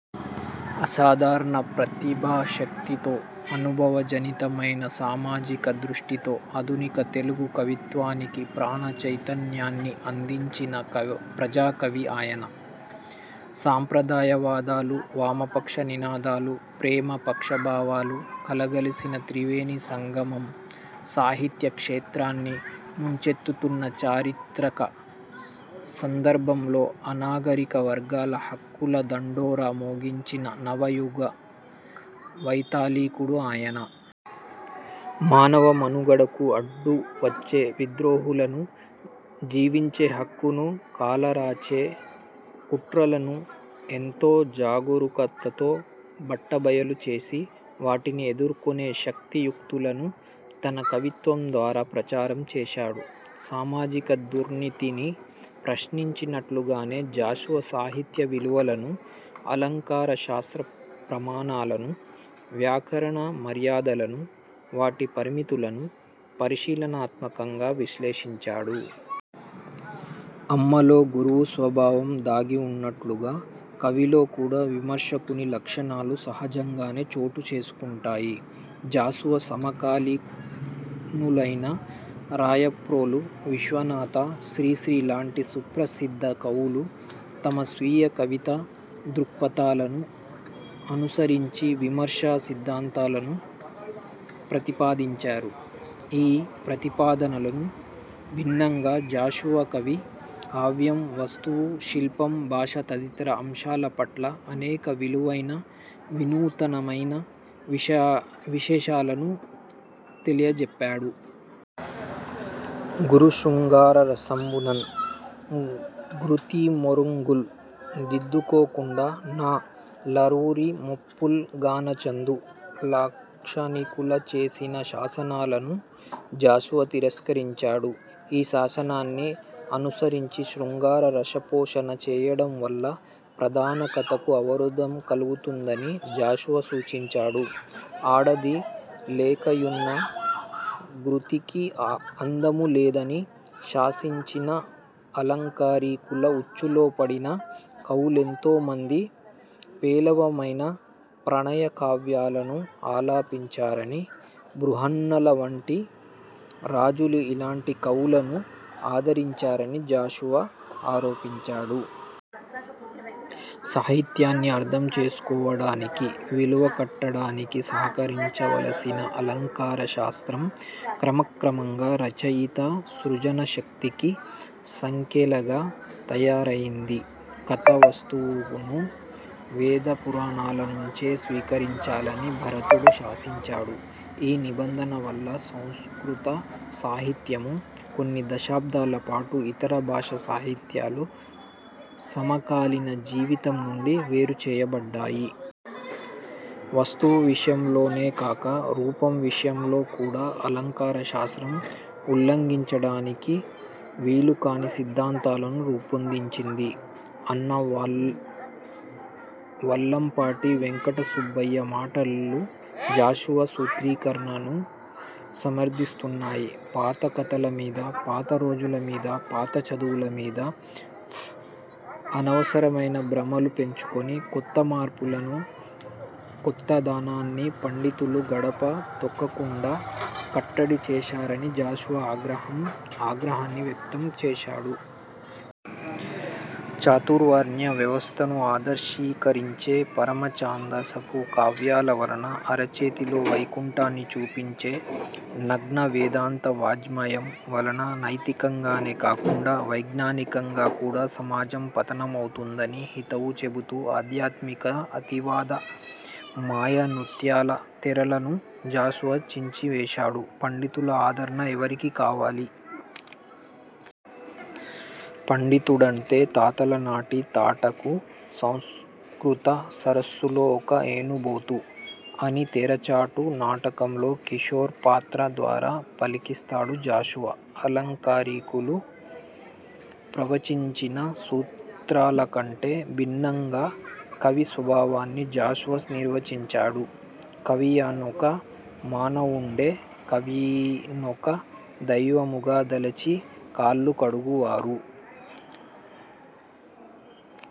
అసాధారణ ప్రతిభాశక్తితో అనుభవజనితమైన సామాజిక దృష్టితో ఆధునిక తెలుగు కవిత్వానికి ప్రాణ చైతన్యాన్ని అందించిన ప్రజాకవి ఆయన. సంప్రదాయ వాదాలు, వామపక్ష నినాదాలు, 'ప్రేమ' పక్ష భావాలు కలగలసిన త్రివేణి సంగమం సాహిత్య క్షేత్రాన్ని ముంచెత్తుతున్న చారిత్రక సందర్భంలో అణగారిన వర్గాల హక్కుల దండోరా మోగించిన నవయుగ వైతాళికుడు ఆయన. మానవ మనుగడకు అడ్డువచ్చే విద్రోహాలను, జీవించేహక్కును కాలరాచే కుట్రలను ఎంతో జాగురూకతతో బట్టబయలు చేసి, వాటిని ఎదుర్కొనే శక్తియుక్తులను తన కవిత్వం ద్వారా ప్రచారం జేశాడు. సామాజిక దుర్నీతిని ప్రశ్నించినట్లుగానే జాషువా సాహిత్య విలువలను, అలంకార శాస్త్ర ప్రమాణాలను, వ్యాకరణ మర్యాదలను, వాటి పరిమితులను పరిశీలనాత్మకంగా విశ్లేషించాడు. అమ్మలో గురువు స్వభావం దాగి ఉన్నట్లుగా కవిలో కూడా విమర్శకుని లక్షణాలు సహజంగానే చోటుచేసుకుంటాయి. జాషువా సమకాలీనులైన రాయప్రోలు, విశ్వనాథ, శ్రీశ్రీ లాంటి సుప్రసిద్థ కవులు తమ స్వీయ కవితా దృక్పథాలను అనుసరించి విమర్శ సిద్థాంతాలను ప్రతిపాదించారు. ఈ ప్రతిపాదనలకు భిన్నంగా జాషువా కవి, కావ్యం, వస్తువు, శిల్పం, భాష తదితర అంశాలపట్ల అనేక విలువైన, వినూతనమైన విశేషాలను తెలియజెప్పాడు. ''గురు శృంగార రసంబునన్ గృతి మెఱుంగుల్ దిద్దుకోకుండ న/ లర్వురిమెప్పుల్ గనదంచు'' లాక్షణికులు చేసిన శాసనాలను జాషువా తిరస్కరించాడు. ఈ శాసనాన్ని అనుసరించి శృంగార రస పోషణ చేయడం వల్ల ప్రధాన కథకు అవరోధం కలుగుతుందని జాషువా సూచించాడు. ''ఆడది లేకయున్న గృతికి అందములేదని'' శాసించిన ఆలంకారీకుల ఉచ్చులో పడిన కవులెంతోమంది పేలవమైన ప్రణయ కావ్యాలను ఆలపించారని, బృహన్నల వంటి రాజులు ఇలాంటి కవులను ఆదరించారని జాషువా ఆరోపించాడు. ''సాహిత్యాన్ని అర్థం చేసుకోవడానికి, విలువ కట్టడానికి సహకరించ వలసిన అలంకార శాస్త్రం క్రమక్రమంగా రచయిత సృజనశక్తికి సంకెలగా తయారయ్యింది. కథా వస్తువును వేదపురాణాలనుంచే స్వీకరించాలని భరతుడు శాసించాడు. ఈ నిబంధన వల్ల సంస్కృత సాహిత్యము, కొన్ని శతాబ్దాలపాటు ఇతర భాషా సాహిత్యాలు సమకాలీన జీవితం నుండి వేరుచేయబడ్డాయి. వస్తువు విషయములోనేకాక రూపం విషయంలో కూడా అలంకార శాస్త్రం ఉల్లంఘించడానికి వీలుకాని సిద్థాంతాలను రూపొందించింది'' అన్న వల్లంపాటి వెంకటసుబ్బయ్య మాటలు జాషువా సూత్రీకరణను సమర్థిస్తున్నాయి. ''పాత కథల మీద, పాత రోజుల మీద, పాత చదువుల మీద అనవసరమైన భ్రమలు పెంచుకొని, కొత్త మార్పులను, కొత్తదనాన్ని పండితులు గడప తొక్కకుండా కట్టడి చేశార''ని జాషువా ఆగ్రహాన్ని వ్యక్తం చేశాడు. చాతుర్వర్ణ్య వ్యవస్థను ఆదర్శీకరించే 'పరమ ఛాందసపు కావ్యాల' వలన, అరచేతిలో వైకుంఠాన్ని చూపించే 'నగ్న వేదాంత వాజ్మయం' వలన నైతికంగానే కాకుండా వైజ్ఞానికంగా కూడా సమాజం పతనమవుతుందని హితవు చెబుతూ ఆధ్యాత్మిక అతివాద ''మాయ నృత్యాల తెరల''ను జాషువా చించివేశాడు. ''పండితుల ఆదరణ ఎవరికి కావాలి? పండితుడంటే తాతలనాటి తాటాకు, సంస్కృత సరస్సులో ఒక ఎనుబోతు'' అని తెరచాటు నాటకంలో కిశోర్ పాత్ర ద్వారా పలకిస్తాడు జాషువా. ఆలంకారికులు ప్రవచించిన సూత్రాలకంటే భిన్నంగా కవి స్వభావాన్ని జాషువా నిర్వచించాడు. ''కవియునొక మానవుండే / కవినొక దైవముగ దలచి కాళ్ళు కడుగువారు''